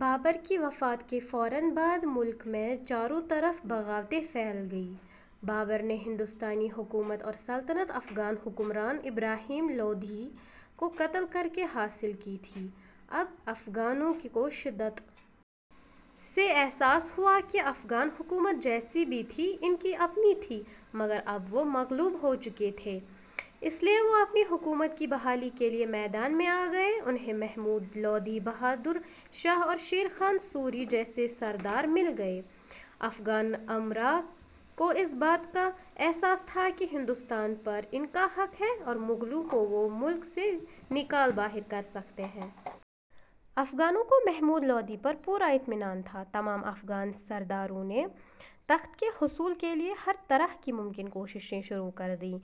بابر کی وفات کے فوراً بعد ملک میں چاروں طرف بغاوتیں پھیل گئیں۔ بابر نے ہندوستانی حکومت اور سلطنت افغان حکمران ابراہیم لودھی کو قتل کرکے حاصل کی تھی اب افغانوں کو شدت سے احساس ہواکہ افغان حکومت جیسی بھی تھی ان کی اپنی تھی مگر اب وہ مغلوب ہو چکے تھے اس لیے وہ اپنی حکومت کی بحالی کے لیے میدان میں آ گئے انھیں محمود لودھی، بہادر شاہ اور شیر خان سوری جیسے سردار مل گئے افغان امرا کو اس بات کا احساس تھا کہ ہندوستان پر ان کا حق ہے اور مغلوں کو وہ ملک سے نکال باہر کرسکتے ہیں۔ افغانوں کو محمود لودھی پر پورا اطمینان تھا۔ تمام افغان سرداروں نے تخت کے حصول کے لیے ہرطرح کی ممکن کوششیں شروع کر دیں۔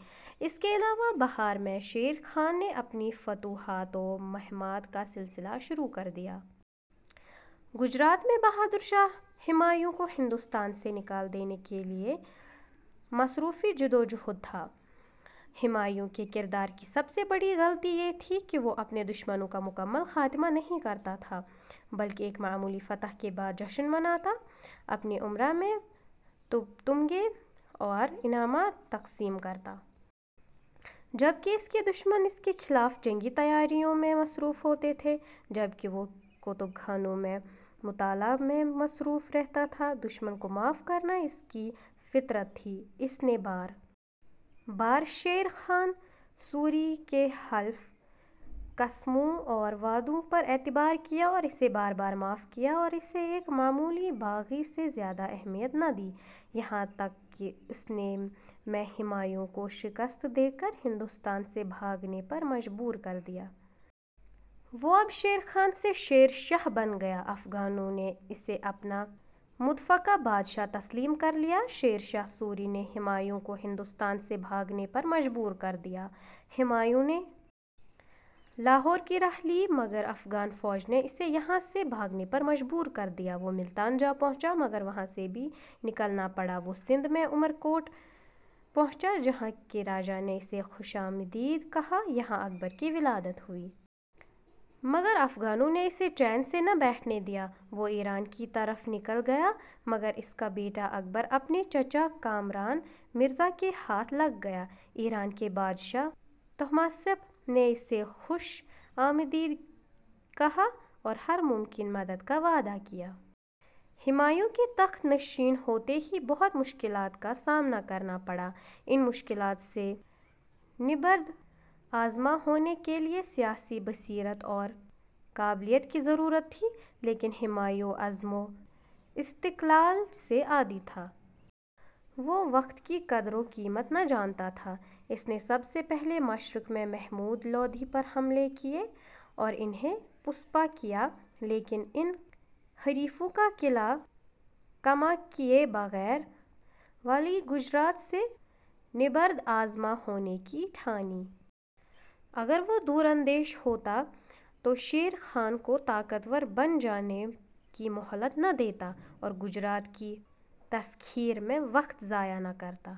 اس کے علاوہ بہار میں شیر خان نے اپنی فتوحات و مہمات کا سلسلہ شروع کر دیا۔ گجرات میں بہادر شاہ ہمایوں کو ہندوستان سے نکال دینے کے لیے مصروفِ جِدوجُہد تھا۔ ہمایوں کے کردار کی سب سے بڑی غلطی یہ تھی کہ وہ اپنے دشمنوں کا مکمل خاتمہ نہیں کرتاتھا بلکہ ایک معمولی فتح کے بعد جشن مناتا اپنے امرا میں تمغے اور انعامات تقسیم کرتا۔ جبکہ اس کے دشمن اس کے خلاف جنگی تیاریوں میں مصروف ہوتے تھے جبکہ وہ کتب خانوں میں مطالعہ میں مصروف رہتاتھا دشمن کو معاف کرنا اس کی فطرت تھی اس نے بار بار شیرخان سوری کے حلف، قسموں اور وعدوں پر اعتبار کیا اور اسے بار بار معاف کیا اور اسے ایک معمولی باغی سے زیادہ اہمیت نہ دی یہاں تک کہ اس نے ء میں ہمایوں کو شکست دے کر ہندوستان سے بھاگنے پر مجبور کر دیا۔ اب وہ شیر خان سے شیر شاہ بن گیا افغانوں نے اسے اپنا متفقہ بادشاہ تسلیم کر لیا۔ شیر شاہ سوری نے ہمایوں کو ہندوستان سے بھاگنے پر مجبور کر دیا ہمایوں نے لاہور کی راہ لی مگر افغان فوج نے اسے یہاں سے بھاگنے پر مجبور کر دیا وہ ملتان جا پہنچا مگر وہاں سے بھی نکلنا پڑاوہ سندھ میں عمر کوٹ پہنچا جہاں کے راجا نے اسے خوش آمدید کہا یہاں اکبر کی ولادت ہوئی۔ مگر افغانوں نے اسے چین سے نہ بیٹھنے دیا وہ ایران کی طرف نکل گیا مگر اس کا بیٹا اکبر اپنے چچا کامران مرزا کے ہاتھ لگ گیا ایران کے بادشاہ طہماسپ نے اسے خوش آمدید کہا اور ہر ممکن مدد کا وعدہ کیا۔ ہمایوں کے تخت نشین ہوتے ہی بہت مشکلات کا سامنا کرنا پڑا۔ ان مشکلات سے نبرد آزما ہونے کے لیے سیاسی بصیرت اور قابلیت کی ضرورت تھی لیکن ہمایوں عزم و استقلال سے عاری تھا۔ وہ وقت کی قدر و قیمت نہ جانتا تھا۔ اس نے سب سے پہلے مشرق میں محمود لودھی پر حملے کیے اور انھیں پسپا کیا لیکن ان حریفوں کا قلع قمع کیے بغیر والئ گجرات سے نبرد آزما ہونے کی ٹھانی۔ اگر وہ دور اندیش ہوتا تو شیر خان کو طاقتور بن جانے کی مہلت نہ دیتا اور گجرات کی تسخیر میں وقت ضائع نہ کرتا۔